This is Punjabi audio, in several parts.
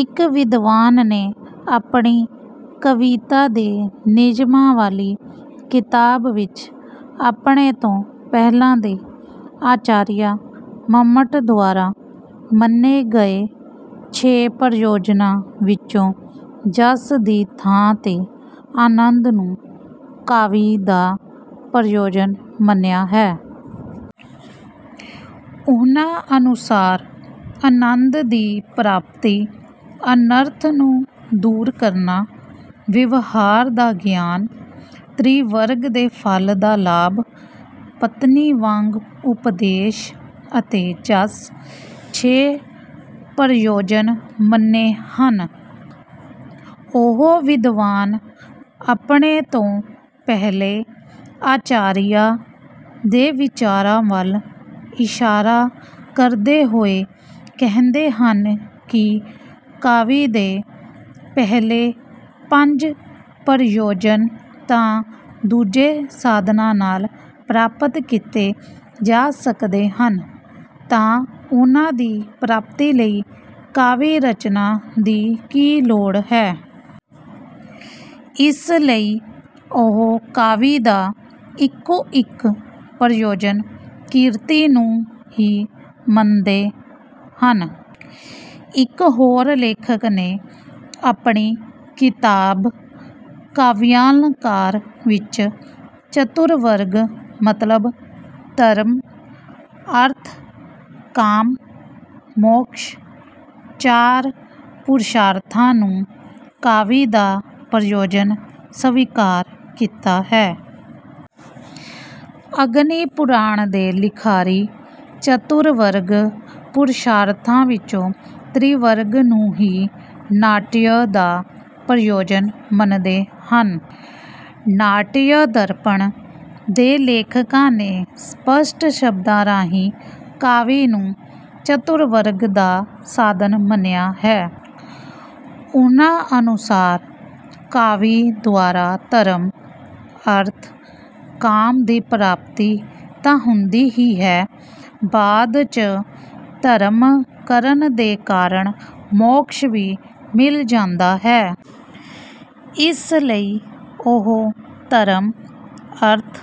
ਇੱਕ ਵਿਦਵਾਨ ਨੇ ਆਪਣੀ ਕਵਿਤਾ ਦੇ ਨਿਯਮਾਂ ਵਾਲੀ ਕਿਤਾਬ ਵਿੱਚ ਆਪਣੇ ਤੋਂ ਪਹਿਲਾਂ ਦੇ ਆਚਾਰੀਆ ਮੰਮਟ ਦੁਆਰਾ ਮੰਨੇ ਗਏ ਛੇ ਪ੍ਰਯੋਜਨਾਂ ਵਿੱਚੋਂ ਜਸ ਦੀ ਥਾਂ ਤੇ ਆਨੰਦ ਨੂੰ ਕਾਵਿ ਦਾ ਪ੍ਰਯੋਜਨ ਮੰਨਿਆ ਹੈ। ਉਹਨਾਂ ਅਨੁਸਾਰ ਆਨੰਦ ਦੀ ਪ੍ਰਾਪਤੀ, ਅਨਰਥ ਨੂੰ ਦੂਰ ਕਰਨਾ, ਵਿਵਹਾਰ ਦਾ ਗਿਆਨ, ਤ੍ਰਿਵਰਗ ਦੇ ਫ਼ਲ ਦਾ ਲਾਭ, ਪਤਨੀ ਵਾਂਗ ਉਪਦੇਸ਼ ਅਤੇ ਜਸ, ਛੇ ਪ੍ਰਯੋਜਨ ਮੰਨੇ ਹਨ। ਉਹ ਵਿਦਵਾਨ ਆਪਣੇ ਤੋਂ ਪਹਿਲੇ ਆਚਾਰੀਆਂ ਦੇ ਵਿਚਾਰਾਂ ਵੱਲ ਇਸ਼ਾਰਾ ਕਰਦੇ ਹੋਏ ਕਹਿੰਦੇ ਹਨ ਕਿ ਕਾਵਿ ਦੇ ਪਹਿਲੇ ਪੰਜ ਪ੍ਰਯੋਜਨ ਤਾਂ ਦੂਜੇ ਸਾਧਨਾਂ ਨਾਲ ਪ੍ਰਾਪਤ ਕੀਤੇ ਜਾ ਸਕਦੇ ਹਨ, ਤਾਂ ਉਹਨਾਂ ਦੀ ਪ੍ਰਾਪਤੀ ਲਈ ਕਾਵਿ-ਰਚਨਾ ਦੀ ਕੀ ਲੋੜ ਹੈ। ਇਸ ਲਈ ਉਹ ਕਾਵਿ ਦਾ ਇੱਕੋ- ਇੱਕ ਪ੍ਰਯੋਜਨ ਕੀਰਤੀ ਨੂੰ ਹੀ ਮੰਨਦੇ ਹਨ। ਇੱਕ ਹੋਰ ਲੇਖਕ ਨੇ ਆਪਣੀ ਕਿਤਾਬ ਕਾਵਿਆਲੰਕਾਰ ਵਿੱਚ ਚਤੁਰਵਰਗ ਮਤਲਬ ਧਰਮ, ਅਰਥ, ਕਾਮ, ਮੋਕ੍ਸ਼, ਚਾਰ ਪੁਰਸ਼ਾਰਥਾਂ ਨੂੰ ਕਾਵਿ ਦਾ ਪ੍ਰਯੋਜਨ ਸਵੀਕਾਰ ਕੀਤਾ ਹੈ। ਅਗਨੀਪੁਰਾਣ ਦੇ ਲਿਖਾਰੀ ਚਤੁਰਵਰਗ ਪੁਰਸ਼ਾਰਥਾਂ ਵਿੱਚੋਂ ਤ੍ਰਿਵਰਗ ਨੂੰ ਹੀ ਨਾਟਯ ਦਾ ਪ੍ਰਯੋਜਨ ਮੰਨਦੇ ਹਨ। ਨਾਟਯਦਰਪਣ ਦੇ ਲੇਖਕਾਂ ਨੇ ਸਪੱਸ਼ਟ ਸ਼ਬਦਾਂ ਰਾਹੀਂ ਕਾਵਿ ਨੂੰ ਚਤੁਰਵਰਗ ਦਾ ਸਾਧਨ ਮੰਨਿਆ ਹੈ। ਉਹਨਾਂ ਅਨੁਸਾਰ ਕਾਵਿ ਦੁਆਰਾ ਧਰਮ, ਅਰਥ, ਕਾਮ ਦੀ ਪ੍ਰਾਪਤੀ ਤਾਂ ਹੁੰਦੀ ਹੀ ਹੈ, ਬਾਅਦ ਚ ਧਰਮ ਕਰਨ ਦੇ ਕਾਰਣ ਮੋਕ੍ਸ਼ ਵੀ ਮਿਲ ਜਾਂਦਾ ਹੈ। ਇਸ ਲਈ ਉਹ ਧਰਮ, ਅਰਥ,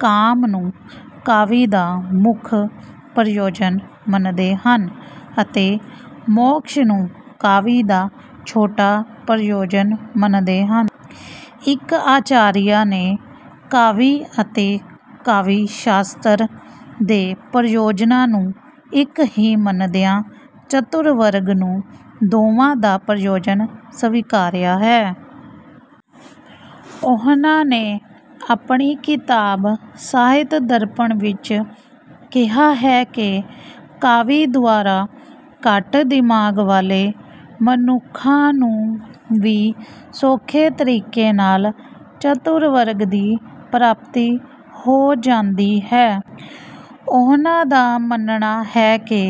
ਕਾਮ ਨੂੰ ਕਾਵਿ ਦਾ ਮੁੱਖ ਪ੍ਰਯੋਜਨ ਮੰਨਦੇ ਹਨ ਅਤੇ ਮੋਕ੍ਸ਼ ਨੂੰ ਕਾਵਿ ਦਾ ਛੋਟਾ ਪ੍ਰਯੋਜਨ ਮੰਨਦੇ ਹਨ। ਇੱਕ ਆਚਾਰੀਆ ਨੇ ਕਾਵਿ ਅਤੇ ਕਾਵਿ-ਸ਼ਾਸਤਰ ਦੇ ਪ੍ਰਯੋਜਨਾਂ ਨੂੰ ਇੱਕ ਹੀ ਮੰਨਦਿਆਂ ਚਤੁਰਵਰਗ ਨੂੰ ਦੋਵਾਂ ਦਾ ਪ੍ਰਯੋਜਨ ਸਵਿਕਾਰਿਆ ਹੈ। ਉਹਨਾਂ ਨੇ ਆਪਣੀ ਕਿਤਾਬ ਸਾਹਿਤਦਰਪਣ ਵਿੱਚ ਕਿਹਾ ਹੈ ਕਿ ਕਾਵਿ ਦੁਆਰਾ ਘੱਟ ਦਿਮਾਗ ਵਾਲੇ ਮਨੁੱਖਾਂ ਨੂੰ ਵੀ ਸੌਖੇ ਤਰੀਕੇ ਨਾਲ ਚਤੁਰਵਰਗ ਦੀ ਪ੍ਰਾਪਤੀ ਹੋ ਜਾਂਦੀ ਹੈ। ਉਹਨਾਂ ਦਾ ਮੰਨਣਾ ਹੈ ਕਿ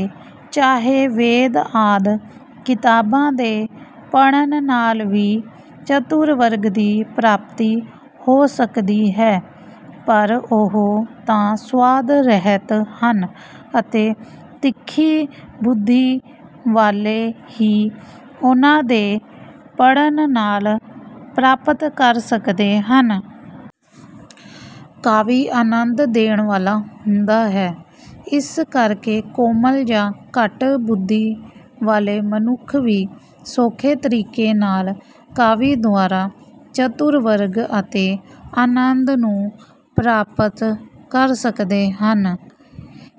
ਚਾਹੇ ਵੇਦ ਆਦਿ ਕਿਤਾਬਾਂ ਦੇ ਪੜ੍ਹਨ ਨਾਲ ਵੀ ਚਤੁਰਵਰਗ ਦੀ ਪ੍ਰਾਪਤੀ ਹੋ ਸਕਦੀ ਹੈ, ਪਰ ਉਹ ਤਾਂ ਸੁਆਦ ਰਹਿਤ ਹਨ ਅਤੇ ਤਿੱਖੀ ਬੁੱਧੀ ਵਾਲੇ ਹੀ ਉਹਨਾਂ ਦੇ ਪੜ੍ਹਨ ਨਾਲ ਪ੍ਰਾਪਤ ਕਰ ਸਕਦੇ ਹਨ। ਕਾਵਿ ਆਨੰਦ ਦੇਣ ਵਾਲਾ ਹੁੰਦਾ ਹੈ, ਇਸ ਕਰਕੇ ਕੋਮਲ ਜਾਂ ਘੱਟ ਬੁੱਧੀ ਵਾਲੇ ਮਨੁੱਖ ਵੀ ਸੌਖੇ ਤਰੀਕੇ ਨਾਲ, ਕਾਵਿ ਦੁਆਰਾ ਚਤੁਰਵਰਗ ਅਤੇ ਆਨੰਦ ਨੂੰ ਪ੍ਰਾਪਤ ਕਰ ਸਕਦੇ ਹਨ।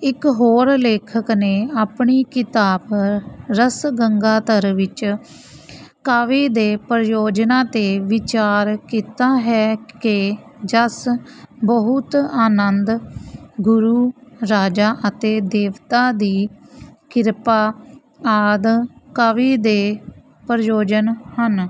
ਇੱਕ ਹੋਰ ਲੇਖਕ ਨੇ ਆਪਣੀ ਕਿਤਾਬ ਰਸਗੰਗਾਧਰ ਵਿੱਚ ਕਾਵਿ ਦੇ ਪ੍ਰਯੋਜਨਾਂ ਤੇ ਵਿਚਾਰ ਕੀਤਾ ਹੈ ਕਿ ਜਸ, ਬਹੁਤ ਆਨੰਦ, ਗੁਰੂ, ਰਾਜਾ ਅਤੇ ਦੇਵਤਾ ਦੀ ਕਿਰਪਾ ਆਦਿ ਕਾਵਿ ਦੇ ਪ੍ਰਯੋਜਨ ਹਨ।